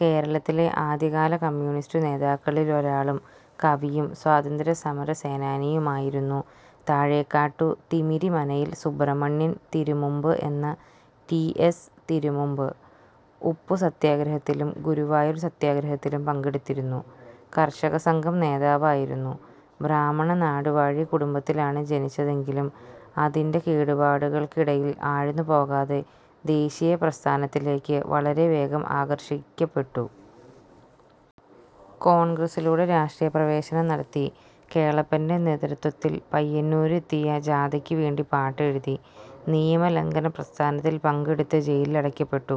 കേരളത്തിലെ ആദ്യകാല കമ്മ്യൂണിസ്റ്റു നേതാക്കളിലൊരാളും കവിയും സ്വാതന്ത്രസമരസേനാനിയുമായിരുന്നു താഴേക്കാട്ടു തിമിരിമനയിൽ സുബ്രഹ്മണ്യൻ തിരുമുമ്പ് എന്ന ടി. എസ്. തിരുമുമ്പ്. ഉപ്പു സത്യാഗ്രഹത്തിലും ഗുരുവായൂർ സത്യാഗ്രഹത്തിലും പങ്കെടുത്തിരുന്നു. കർഷക സംഘം നേതാവായിരുന്നു. ബ്രാഹ്മണനാടുവാഴി കുടുംബത്തിലാണ് ജനിച്ചതെങ്കിലും അതിന്റെ കെട്ടുപാടുകൾക്കിടയിൽ ആഴ്ന്നു പോകാതെ ദേശീയപ്രസ്ഥാനത്തിലേക്ക് വളരെ വേഗം ആകർഷിക്കപ്പെട്ടു. കോൺഗ്രസ്സിലൂടെ രാഷ്ട്രീയപ്രവേശനം നടത്തി. കേളപ്പന്റെ നേതൃത്വത്തിൽ പയ്യന്നൂരെത്തിയ ജാഥക്കു വേണ്ടി പാട്ടെഴുതി. നിയമലംഘനപ്രസ്ഥാനത്തിൽ പങ്കെടുത്ത് ജയിലിലടക്കപ്പെട്ടു.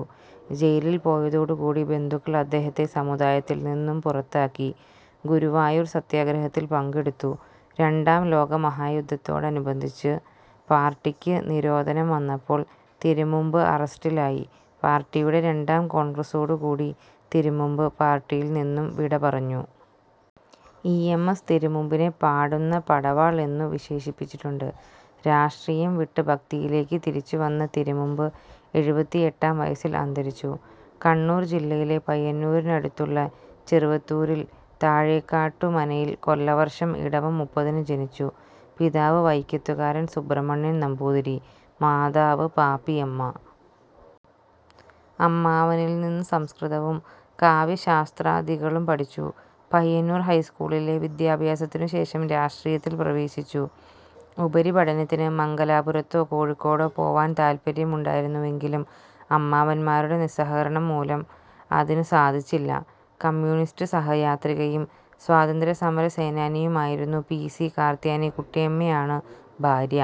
ജയിലിൽ പോയതോടുകൂടി ബന്ധുക്കൾ അദ്ദേഹത്തെ സമുദായത്തിൽ നിന്നും പുറത്താക്കി. ഗുരുവായൂർ സത്യാഗ്രഹത്തിൽ പങ്കെടുത്തു. രണ്ടാം ലോകമഹായുദ്ധത്തോടനുബന്ധിച്ച് പാർട്ടിക്ക് നിരോധനം വന്നപ്പോൾ തിരുമുമ്പ് അറസ്റ്റിലായി. പാർട്ടിയുടെ രണ്ടാം കോൺഗ്രസ്സോടുകൂടി തിരുമുമ്പ് പാർട്ടിയിൽ നിന്നും വിടപറഞ്ഞു. ഇ. എം. എസ്സ് തിരുമുമ്പിനെ പാടുന്ന പടവാൾ എന്നു വിശേഷിപ്പിച്ചിട്ടുണ്ട്. രാഷ്ട്രീയം വിട്ട് ഭക്തിയിലേക്ക് തിരിച്ചുവന്ന തിരുമുമ്പ് എഴുപത്തിഎട്ടാം വയസ്സിൽ അന്തരിച്ചു. കണ്ണൂർ ജില്ലയിലെ പയ്യന്നൂരിനടുത്തുള്ള ചെറുവത്തൂരിൽ, താഴേക്കാട്ടു മനയിൽ കൊല്ല വർഷം ഇടവം മുപ്പതിന് ജനിച്ചു. പിതാവ് വൈക്കത്തുകാരൻ സുബ്രഹ്മണ്യൻ നമ്പൂതിരി, മാതാവ് പാപ്പിയമ്മ. അമ്മാവനിൽ നിന്ന് സംസ്കൃതവും കാവ്യശാസ്ത്രാദികളും പഠിച്ചു. പയ്യന്നൂർ ഹൈസ്കൂളിലെ വിദ്യാഭ്യാസത്തിനു ശേഷം രാഷ്ട്രീയത്തിൽ പ്രവേശിച്ചു. ഉപരിപഠനത്തിന് മംഗലാപുരത്തോ, കോഴിക്കോടോ പോവാൻ താൽപര്യമുണ്ടായിരുന്നുവെങ്കിലും അമ്മാവന്മാരുടെ നിസ്സഹകരണം മൂലം അതിനു സാധിച്ചില്ല. കമ്മ്യൂണിസ്റ്റ് സഹയാത്രികയും സ്വാതന്ത്ര്യസമരസേനാനിയുമായിരുന്ന പി. സി കാർത്യായനിക്കുട്ടിയമ്മയാണു ഭാര്യ.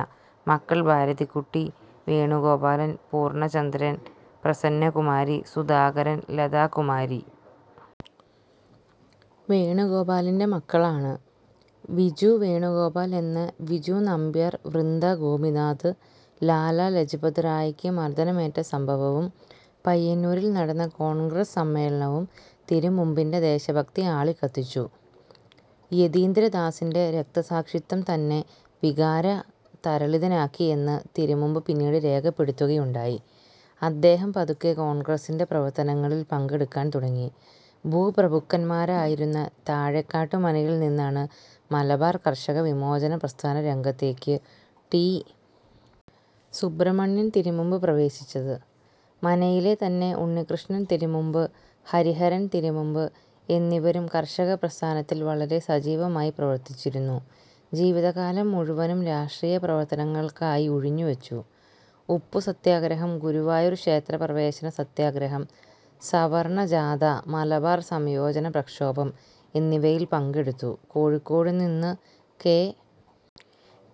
മക്കൾ ഭാരതിക്കുട്ടി, വേണുഗോപാലൻ, പൂർണ്ണചന്ദ്രൻ, പ്രസന്നകുമാരി, സുധാകരൻ, ലതാകുമാരി. വേണുഗോപാലിന്റെ മക്കളാണു. വിജുവേണുഗോപാൽ എന്ന വിജുനമ്പ്യാർവൃന്ദാഗോപിനാഥ് ലാലാലജ്പത് റായിക്ക് മർദ്ദനമേറ്റ സംഭവവും, പയ്യന്നൂരിൽ നടന്ന കോൺഗ്രസ്സ് സമ്മേളനവും തിരുമുമ്പിന്റെ ദേശഭക്തി ആളിക്കത്തിച്ചു. യതീന്ദ്രദാസിന്റെ രക്തസാക്ഷിത്വം തന്നെ വികാരതരളിതനാക്കി എന്ന് തിരുമുമ്പ് പിന്നീട് രേഖപ്പെടുത്തുകയുണ്ടായി. അദ്ദേഹം പതുക്കെ, കോൺഗ്രസ്സിന്റെ പ്രവർത്തനങ്ങളിൽ പങ്കെടുക്കാൻ തുടങ്ങി. ഭൂപ്രഭുക്കന്മാരായിരുന്ന താഴെക്കാട്ട് മനയിൽ നിന്നാണ് മലബാർ കർഷക വിമോചന പ്രസ്ഥാന രംഗത്തേക്ക് ടി. സുബ്രഹ്മണ്യൻ തിരുമുമ്പ് പ്രവേശിച്ചത്. മനയിലെ തന്നെ ഉണ്ണികൃഷ്ണൻ തിരുമുമ്പ്, ഹരിഹരൻ തിരുമുമ്പ് എന്നിവരും കർഷക പ്രസ്ഥാനത്തിൽ വളരെ സജീവമായി പ്രവർത്തിച്ചിരുന്നു. ജീവിതകാലം മുഴുവനും രാഷ്ട്രീയപ്രവർത്തനങ്ങൾക്കായി ഉഴിഞ്ഞുവച്ചു. ഉപ്പു സത്യാഗ്രഹം, ഗുരുവായൂർ ക്ഷേത്രപ്രവേശന സത്യഗ്രഹം, സവർണജാഥ, മലബാർ സംയോജന പ്രക്ഷോഭം എന്നിവയിൽ പങ്കെടുത്തു. കോഴിക്കോട് നിന്ന് കെ.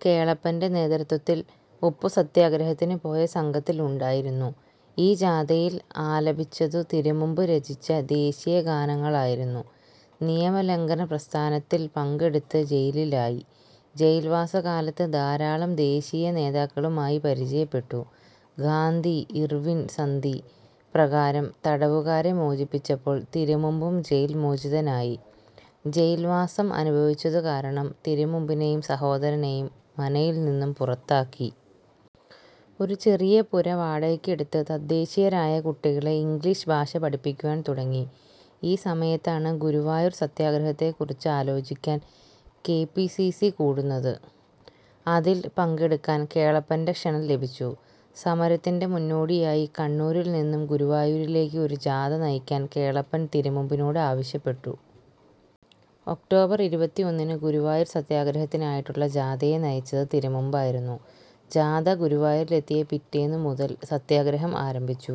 കേളപ്പന്റെ നേതൃത്വത്തിൽ ഉപ്പുസത്യാഗ്രഹത്തിന് പോയ സംഘത്തിൽ ഉണ്ടായിരുന്നു. ഈ ജാഥയിൽ ആലപിച്ചതു തിരുമുമ്പ് രചിച്ച ദേശീയ ഗാനങ്ങളായിരുന്നു. നിയമലംഘന പ്രസ്ഥാനത്തിൽ പങ്കെടുത്ത് ജയിലിലായി. ജയിൽവാസകാലത്ത് ധാരാളം ദേശീയ നേതാക്കളുമായി പരിചയപ്പെട്ടു. ഗാന്ധി-ഇർവിൻ സന്ധി പ്രകാരം തടവുകാരെ മോചിപ്പിച്ചപ്പോൾ തിരുമുമ്പും ജയിൽ മോചിതനായി. ജയിൽവാസം അനുഭവിച്ചതുകാരണം തിരുമുമ്പിനേയും സഹോദരനേയും മനയിൽ നിന്നും പുറത്താക്കി. ഒരു ചെറിയ പുര വാടകക്കെടുത്ത് തദ്ദേശീയരായ കുട്ടികളെ ഇംഗ്ലീഷ് ഭാഷ പഠിപ്പിക്കുവാൻ തുടങ്ങി. ഈ സമയത്താണ് ഗുരുവായൂർ സത്യാഗ്രഹത്തെക്കുറിച്ചാലോചിക്കാൻ കെ. പി. സി. സി കൂടുന്നത്, അതിൽ പങ്കെടുക്കാൻ കേളപ്പന്റെ ക്ഷണം ലഭിച്ചു. സമരത്തിന്റെ മുന്നോടിയായി കണ്ണൂരിൽ നിന്നും ഗുരുവായൂരിലേക്ക് ഒരു ജാഥ നയിക്കാൻ കേളപ്പൻ തിരുമുമ്പിനോട് ആവശ്യപ്പെട്ടു. ഒക്ടോബർ ഇരുപത്തിഒന്നിന് ഗുരുവായൂർ സത്യാഗ്രഹത്തിനായിട്ടുള്ള ജാഥയെ നയിച്ചത് തിരുമുമ്പായിരുന്നു. ജാഥ ഗുരുവായൂരിലെത്തിയ പിറ്റേന്നു മുതൽ സത്യാഗ്രഹം ആരംഭിച്ചു.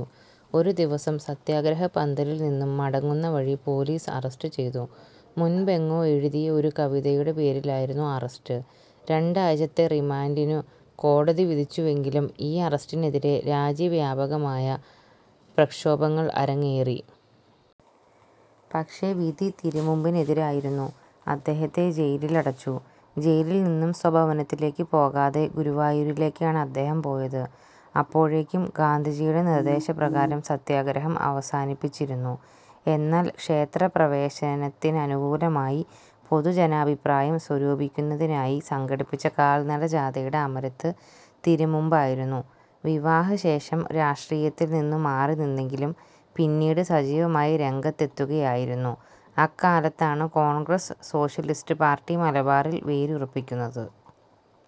ഒരു ദിവസം സത്യാഗ്രഹപന്തലിൽ നിന്നും മടങ്ങുന്ന വഴി പോലീസ് അറസ്റ്റ് ചെയ്തു. മുൻപെങ്ങോ എഴുതിയ ഒരു കവിതയുടെ പേരിലായിരുന്നു അറസ്റ്റ്. രണ്ടാഴ്ചത്തെ റിമാൻഡിനു കോടതി വിധിച്ചുവെങ്കിലും, ഈ അറസ്റ്റിനെതിരേ രാജ്യവാപകമായ പ്രക്ഷോഭങ്ങൾ അരങ്ങേറി. പക്ഷേ വിധി തിരുമുമ്പിനെതിരായിരുന്നു. അദ്ദേഹത്തെ ജയിലിലടച്ചു. ജയിലിൽ നിന്നും സ്വഭവനത്തിലേക്കു പോകാതെ ഗുരുവായൂരിലേക്കാണ് അദ്ദേഹം പോയത്. അപ്പോഴേക്കും ഗാന്ധിജിയുടെ നിർദ്ദേശപ്രകാരം സത്യാഗ്രഹം അവസാനിപ്പിച്ചിരുന്നു, എന്നാൽ ക്ഷേത്രപ്രവേശനത്തിനനകൂലമായി പൊതുജനാഭിപ്രായം സ്വരൂപിക്കുന്നതിനായി സംഘടിപ്പിച്ച കാൽനട ജാഥയുടെ അമരത്ത് തിരുമുമ്പായിരുന്നു. വിവാഹശേഷം രാഷ്ട്രീയത്തിൽ നിന്നും മാറിനിന്നെങ്കിലും, പിന്നീട് സജീവമായി രംഗത്തെത്തുകയായിരുന്നു. അക്കാലത്താണ് കോൺഗ്രസ്സ് സോഷ്യലിസ്റ്റ് പാർട്ടി മലബാറിൽ വേരുറപ്പിക്കുന്നത്.